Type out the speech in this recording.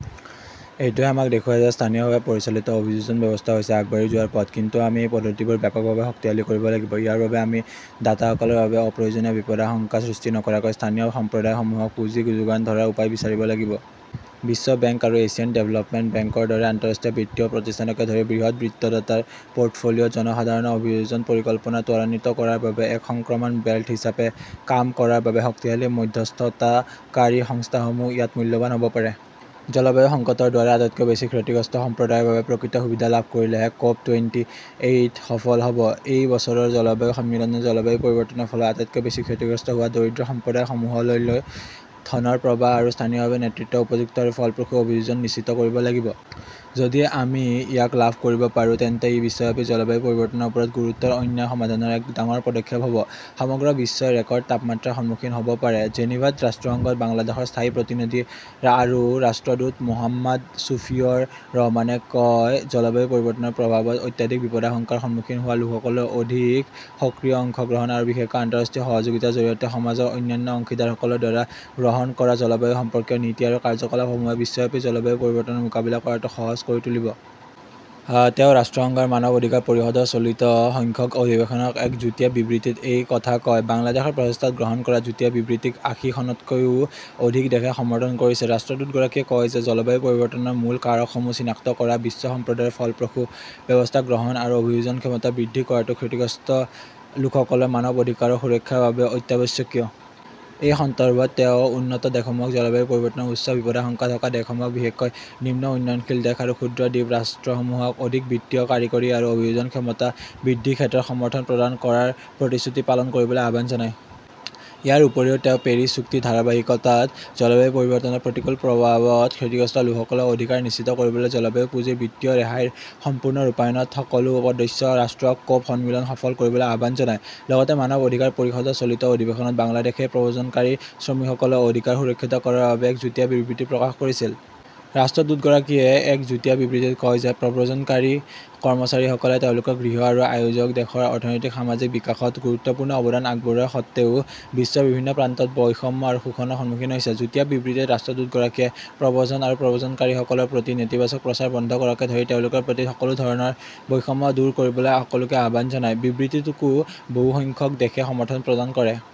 এইটোৱে আমাক দেখুৱায় যে স্থানীয়ভাৱে পৰিচালিত অভিযোজন ব্যৱস্থা হৈছে আগবাঢ়ি যোৱাৰ পথ। কিন্তু আমি এই পদ্ধতিবোৰ ব্যাপকভাৱে শক্তিশালী কৰিব লাগিব। ইয়াৰ বাবে আমি দাতাসকলৰ বাবে অপ্ৰয়োজনীয় বিপদাশংকা সৃষ্টি নকৰাকৈ স্থানীয় সম্প্ৰদায়সমূহক পুঁজি যোগান ধৰাৰ উপায় বিচাৰিব লাগিব। বিশ্ব বেংক আৰু এছিয়ান ডেভেলপমেণ্ট বেংকৰ দৰে আন্তঃৰাষ্ট্ৰীয় বিত্তীয় প্ৰতিষ্ঠানকে ধৰি বৃহৎ বিত্তদাতাৰ পৰ্টফোলিঅ'ত জনসাধাৰণৰ অভিযোজন পৰিকল্পনা ত্বৰান্বিত কৰাৰ বাবে এক সংক্ৰমণ বেল্ট হিচাপে কাম কৰাৰ বাবে শক্তিশালী মধ্যস্থতাকাৰী সংস্থাসমূহ ইয়াত মূল্যৱান হ'ব পাৰে। জলবায়ু সংকটৰ দ্বাৰা আটাইতকৈ বেছি ক্ষতিগ্ৰস্ত সম্প্ৰদায়ৰ বাবে প্ৰকৃত সুবিধা লাভ কৰিলেহে ক'প টুৱেন্টি এইট সফল হ'ব। এই বছৰৰ জলবায়ু সন্মিলনে জলবায়ু পৰিৱৰ্তনৰ ফলত আটাইতকৈ বেছি ক্ষতিগ্ৰস্ত হোৱা দৰিদ্ৰ সম্প্ৰদায় সমূহলৈলৈ ধনৰ প্ৰবাহ আৰু স্থানীয়ভাৱে নেতৃত্ব, উপযুক্ত আৰু ফলপ্ৰসূ অভিযোজন নিশ্চিত কৰিব লাগিব। যদি আমি ইয়াক লাভ কৰিব পাৰোঁ, তেন্তে ই বিশ্বব্যাপী জলবায়ু পৰিৱৰ্তনৰ ওপৰত গুৰুতৰ অন্যায় সমাধানৰ এক ডাঙৰ পদক্ষেপ হ'ব। সমগ্ৰ বিশ্বই ৰেকৰ্ড তাপমাত্ৰাৰ সন্মুখীন হ'ব পাৰে। জেনেভাত ৰাষ্ট্ৰসংঘত বাংলাদেশৰ স্থায়ী প্ৰতিনিধি আৰু ৰাষ্ট্ৰদূত মোহাম্মদ সুফিউৰ ৰহমানে কয়, জলবায়ু পৰিৱৰ্তনৰ প্ৰভাৱত অত্যাধিক বিপদাশংকাৰ সন্মুখীন হোৱা লোকসকলৰ অধিক সক্ৰিয় অংশগ্ৰহণ আৰু বিশেষকৈ আন্তঃৰাষ্ট্ৰীয় সহযোগিতাৰ জৰিয়তে সমাজৰ অন্যান্য অংশীদাৰসকলৰ দ্বাৰা গ্ৰহণ কৰা জলবায়ু সম্পৰ্কীয় নীতি আৰু কাৰ্যকলাপসমূহে বিশ্বব্যাপী জলবায়ু পৰিৱৰ্তনৰ মোকাবিলা কৰাটো সহজ কৰি তুলিব। তেওঁ ৰাষ্ট্ৰসংঘৰ মানৱ অধিকাৰ পৰিষদৰ চলিত সংখ্যক অধিৱেশনত এক যুটীয়া বিবৃতিত এই কথা কয়। বাংলাদেশৰ প্ৰচেষ্টাত গ্ৰহণ কৰা যুটীয়া বিবৃতিক আঁশীখনতকৈও অধিক দেশে সমৰ্থন কৰিছে। ৰাষ্ট্ৰদূতগৰাকীয়ে কয় যে, জলবায়ু পৰিৱৰ্তনৰ মূল কাৰকসমূহ চিনাক্ত কৰা, বিশ্ব সম্প্ৰদায়ৰ ফলপ্ৰসূ ব্যৱস্থা গ্ৰহণ আৰু অভিযোজন ক্ষমতা বৃদ্ধি কৰাটো ক্ষতিগ্ৰস্ত লোকসকলৰ মানৱ অধিকাৰৰ সুৰক্ষাৰ বাবে অত্যাৱশ্যকীয়। এই সন্দৰ্ভত তেওঁ উন্নত দেশসমূহক জলবায়ু পৰিৱৰ্তনৰ উচ্চ বিপদাশংকা থকা দেশসমূহক বিশেষকৈ নিম্ন উন্নয়নশীল দেশ আৰু ক্ষুদ্ৰ দ্বীপ ৰাষ্ট্ৰসমূহক অধিক বিত্তীয়, কাৰিকৰী আৰু অভিযোজন ক্ষমতা বৃদ্ধিৰ ক্ষেত্ৰত সমৰ্থন প্ৰদান কৰাৰ প্ৰতিশ্ৰুতি পালন কৰিবলৈ আহ্বান জনায়। ইয়াৰ উপৰিও তেওঁ পেৰিছ চুক্তিৰ ধাৰাবাহিকতাত জলবায়ু পৰিৱৰ্তনৰ প্ৰতিকূল প্ৰভাৱত ক্ষতিগ্ৰস্ত লোকসকলৰ অধিকাৰ নিশ্চিত কৰিবলৈ জলবায়ু পুঁজিৰ বিত্তীয় ৰেহাইৰ সম্পূৰ্ণ ৰূপায়ণত সকলো সদস্য ৰাষ্ট্ৰক ক'প সন্মিলন সফল কৰিবলৈ আহ্বান জনায়। লগতে মানৱ অধিকাৰ পৰিষদৰ চলিত অধিৱেশনত বাংলাদেশই প্ৰব্ৰজনকাৰী শ্ৰমিকসকলৰ অধিকাৰ সুৰক্ষিত কৰাৰ বাবে এক যুটীয়া বিবৃতি প্ৰকাশ কৰিছিল। ৰাষ্ট্ৰদূতগৰাকীয়ে এক যুটীয়া বিবৃতিত কয় যে প্ৰব্ৰজনকাৰী কৰ্মচাৰীসকলে তেওঁলোকৰ গৃহ আৰু আয়োজক দেশৰ অৰ্থনৈতিক-সামাজিক বিকাশত গুৰুত্বপূৰ্ণ অৱদান আগবঢ়োৱাৰ সত্ত্বেও বিশ্বৰ বিভিন্ন প্ৰান্তত বৈষম্য আৰু শোষণৰ সন্মুখীন হৈছে। যুটীয়া বিবৃতিত ৰাষ্ট্ৰদূতগৰাকীয়ে প্ৰব্ৰজন আৰু প্ৰব্ৰজনকাৰীসকলৰ প্ৰতি নেতিবাচক প্ৰচাৰ বন্ধ কৰাকে ধৰি তেওঁলোকৰ প্ৰতি সকলো ধৰণৰ বৈষম্য দূৰ কৰিবলৈ সকলোকে আহ্বান জনায়। বিবৃতিটোকো বহুসংখ্যক দেশে সমৰ্থন প্ৰদান কৰে।